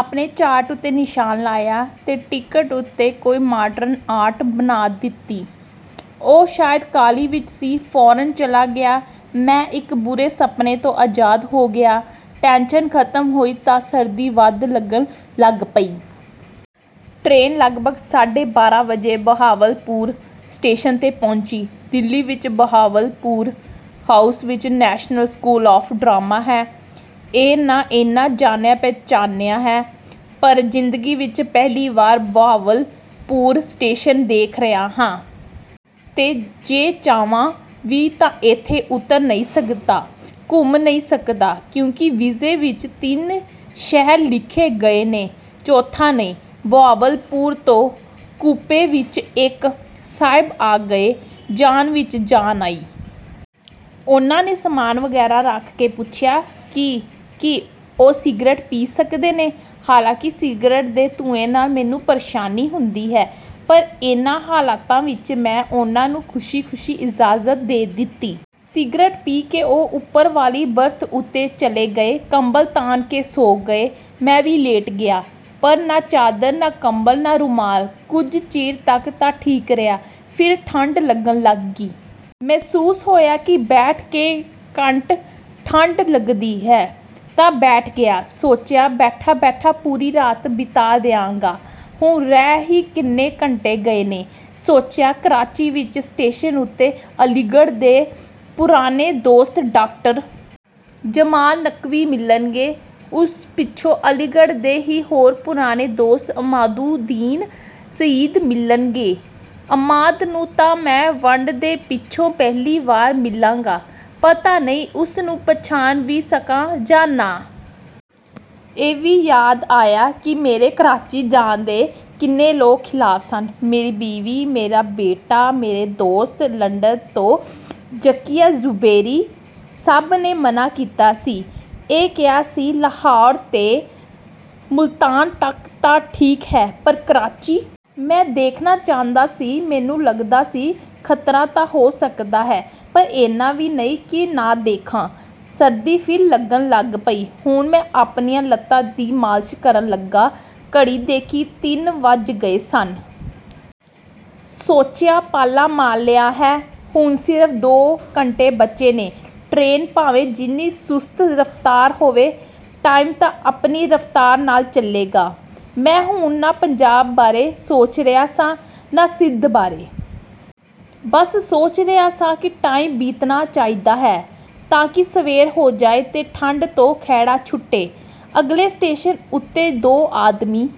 ਆਪਣੇ ਚਾਰਟ ਉੱਤੇ ਨਿਸ਼ਾਨ ਲਾਇਆ ਤੇ ਟਿਕਟ ਉੱਤੇ ਕੋਈ ਮਾਡਰਨ ਆਰਟ ਬਣਾ ਦਿੱਤੀ। ਉਹ ਸ਼ਾਇਦ ਕਾਹਲੀ ਵਿੱਚ ਸੀ, ਫ਼ੌਰਨ ਚਲਾ ਗਿਆ। ਮੈਂ ਇੱਕ ਬੁਰੇ ਸੁਪਨੇ ਤੋਂ ਆਜ਼ਾਦ ਹੋ ਗਿਆ। ਟੈਂਸ਼ਨ ਖ਼ਤਮ ਹੋਈ ਤਾਂ ਸਰਦੀ ਵੱਧ ਲੱਗਣ ਲੱਗ ਪਈ। ਟਰੇਨ ਲਗਭਗ ਸਾਢੇ ਬਾਰਾਂ ਵਜੇ ਬਹਾਵਲਪੁਰ ਸਟੇਸ਼ਨ ਤੇ ਪਹੁੰਚੀ। ਦਿੱਲੀ ਵਿੱਚ ਬਹਾਵਲਪੁਰ ਹਾਊਸ ਵਿੱਚ ਨੈਸ਼ਨਲ ਸਕੂਲ ਆਫ਼ ਡਰਾਮਾ ਹੈ। ਇਹ ਨਾਂ ਏਨਾ ਜਾਣਿਆ-ਪਛਾਣਿਆ ਹੈ, ਪਰ ਜ਼ਿੰਦਗੀ ਵਿੱਚ ਪਹਿਲੀ ਵਾਰ ਬਹਾਵਲਪੁਰ ਸਟੇਸ਼ਨ ਦੇਖ ਰਿਹਾ ਹਾਂ। ਤੇ ਜੇ ਚਾਹਵਾਂ ਵੀ ਤਾਂ ਇੱਥੇ ਉਤਰ ਨਹੀਂ ਸਕਦਾ, ਘੁੰਮ ਨਹੀਂ ਸਕਦਾ, ਕਿਉਂਕਿ ਵੀਜ਼ੇ ਵਿੱਚ ਤਿੰਨ ਸ਼ਹਿਰ ਲਿਖੇ ਗਏ ਨੇ, ਚੌਥਾ ਨਹੀਂ। ਬਹਾਵਲਪੁਰ ਤੋਂ ਕੂਪੇ ਵਿੱਚ ਇੱਕ ਸਾਹਿਬ ਆ ਗਏ। ਜਾਨ ਵਿੱਚ ਜਾਨ ਆਈ। ਉਹਨਾਂ ਨੇ ਸਾਮਾਨ ਵਗੈਰਾ ਰੱਖ ਕੇ ਪੁੱਛਿਆ ਕਿ ਕੀ ਉਹ ਸਿਗਰਟ ਪੀ ਸਕਦੇ ਨੇ। ਹਾਲਾਂਕਿ ਸਿਗਰਟ ਦੇ ਧੂੰਏਂ ਨਾਲ ਮੈਨੂੰ ਪ੍ਰੇਸ਼ਾਨੀ ਹੁੰਦੀ ਹੈ, ਪਰ ਇਨ੍ਹਾਂ ਹਾਲਾਤਾਂ ਵਿੱਚ ਮੈਂ ਉਹਨਾਂ ਨੂੰ ਖ਼ੁਸ਼ੀ-ਖ਼ੁਸ਼ੀ ਇਜਾਜ਼ਤ ਦੇ ਦਿੱਤੀ। ਸਿਗਰਟ ਪੀ ਕੇ ਉਹ ਉੱਪਰ ਵਾਲੀ ਬਰਥ ਉੱਤੇ ਚਲੇ ਗਏ। ਕੰਬਲ ਤਾਣ ਕੇ ਸੌਂ ਗਏ। ਮੈਂ ਵੀ ਲੇਟ ਗਿਆ। ਪਰ ਨਾ ਚਾਦਰ, ਨਾ ਕੰਬਲ, ਨਾ ਰੁਮਾਲ। ਕੁਝ ਚਿਰ ਤੱਕ ਤਾਂ ਠੀਕ ਰਿਹਾ, ਫਿਰ ਠੰਡ ਲੱਗਣ ਲੱਗੀ। ਮਹਿਸੂਸ ਹੋਇਆ ਕਿ ਬੈਠ ਕੇ ਘੱਟ ਠੰਡ ਲੱਗਦੀ ਹੈ, ਤਾਂ ਬੈਠ ਗਿਆ। ਸੋਚਿਆ, ਬੈਠਾ-ਬੈਠਾ ਪੂਰੀ ਰਾਤ ਬਿਤਾ ਦਿਆਂਗਾ। ਹੁਣ ਰਹਿ ਹੀ ਕਿੰਨੇ ਘੰਟੇ ਗਏ ਨੇ। ਸੋਚਿਆ, ਕਰਾਚੀ ਵਿੱਚ ਸਟੇਸ਼ਨ ਉੱਤੇ ਅਲੀਗੜ੍ਹ ਦੇ ਪੁਰਾਣੇ ਦੋਸਤ ਡਾ. ਜਮਾਲ ਨਕਵੀ ਮਿਲਣਗੇ। ਉਸ ਪਿੱਛੋਂ ਅਲੀਗੜ੍ਹ ਦੇ ਹੀ ਹੋਰ ਪੁਰਾਣੇ ਦੋਸਤ ਅਮਾਦੁੱਦੀਨ ਸਈਦ ਮਿਲਣਗੇ। ਅਮਾਦ ਨੂੰ ਤਾਂ ਮੈਂ ਵੰਡ ਦੇ ਪਿੱਛੋਂ ਪਹਿਲੀ ਵਾਰ ਮਿਲਾਂਗਾ। ਪਤਾ ਨਹੀਂ, ਉਸ ਨੂੰ ਪਛਾਣ ਵੀ ਸਕਾਂ ਜਾਂ ਨਾ। ਇਹ ਵੀ ਯਾਦ ਆਇਆ ਕਿ ਮੇਰੇ ਕਰਾਚੀ ਜਾਣ ਦੇ ਕਿੰਨੇ ਲੋਕ ਖ਼ਿਲਾਫ਼ ਸਨ। ਮੇਰੀ ਬੀਵੀ, ਮੇਰਾ ਬੇਟਾ, ਮੇਰੇ ਦੋਸਤ, ਲੰਦਨ ਤੋਂ ਜ਼ਕੀਆ ਜੁਬੈਰੀ—ਸਭ ਨੇ ਮਨ੍ਹਾਂ ਕੀਤਾ ਸੀ। ਇਹ ਕਿਹਾ ਸੀ, "ਲਾਹੌਰ ਤੇ ਮੁਲਤਾਨ ਤੱਕ ਤਾਂ ਠੀਕ ਹੈ, ਪਰ ਕਰਾਚੀ।" ਮੈਂ ਦੇਖਣਾ ਚਾਹੁੰਦਾ ਸੀ। ਮੈਨੂੰ ਲੱਗਦਾ ਸੀ, ਖ਼ਤਰਾ ਤਾਂ ਹੋ ਸਕਦਾ ਹੈ, ਪਰ ਏਨਾ ਵੀ ਨਹੀਂ ਕਿ ਨਾ ਦੇਖਾਂ। ਸਰਦੀ ਫਿਰ ਲੱਗਣ ਲੱਗ ਪਈ। ਹੁਣ ਮੈਂ ਆਪਣੀਆਂ ਲੱਤਾਂ ਦੀ ਮਾਲਸ਼ ਕਰਨ ਲੱਗਾ। ਘੜੀ ਦੇਖੀ, ਤਿੰਨ ਵੱਜ ਗਏ ਸਨ। ਸੋਚਿਆ, ਪਾਲਾ ਮਾਰ ਲਿਆ ਹੈ। ਹੁਣ ਸਿਰਫ਼ ਦੋ ਘੰਟੇ ਬਚੇ ਨੇ। ਟਰੇਨ ਭਾਵੇਂ ਜਿੰਨੀ ਸੁਸਤ ਰਫ਼ਤਾਰ ਹੋਵੇ, ਟਾਈਮ ਤਾਂ ਆਪਣੀ ਰਫ਼ਤਾਰ ਨਾਲ ਚੱਲੇਗਾ। ਮੈਂ ਹੁਣ ਨਾ ਪੰਜਾਬ ਬਾਰੇ ਸੋਚ ਰਿਹਾ ਸਾਂ, ਨਾ ਸਿੰਧ ਬਾਰੇ। ਬਸ ਸੋਚ ਰਿਹਾ ਸਾਂ ਕਿ ਟਾਈਮ ਬੀਤਣਾ ਚਾਹੀਦਾ ਹੈ, ਤਾਂ ਕਿ ਸਵੇਰ ਹੋ ਜਾਏ ਤੇ ਠੰਡ ਤੋਂ ਖਹਿੜਾ ਛੁੱਟੇ। ਅਗਲੇ ਸਟੇਸ਼ਨ ਉੱਤੇ ਦੋ ਆਦਮੀ...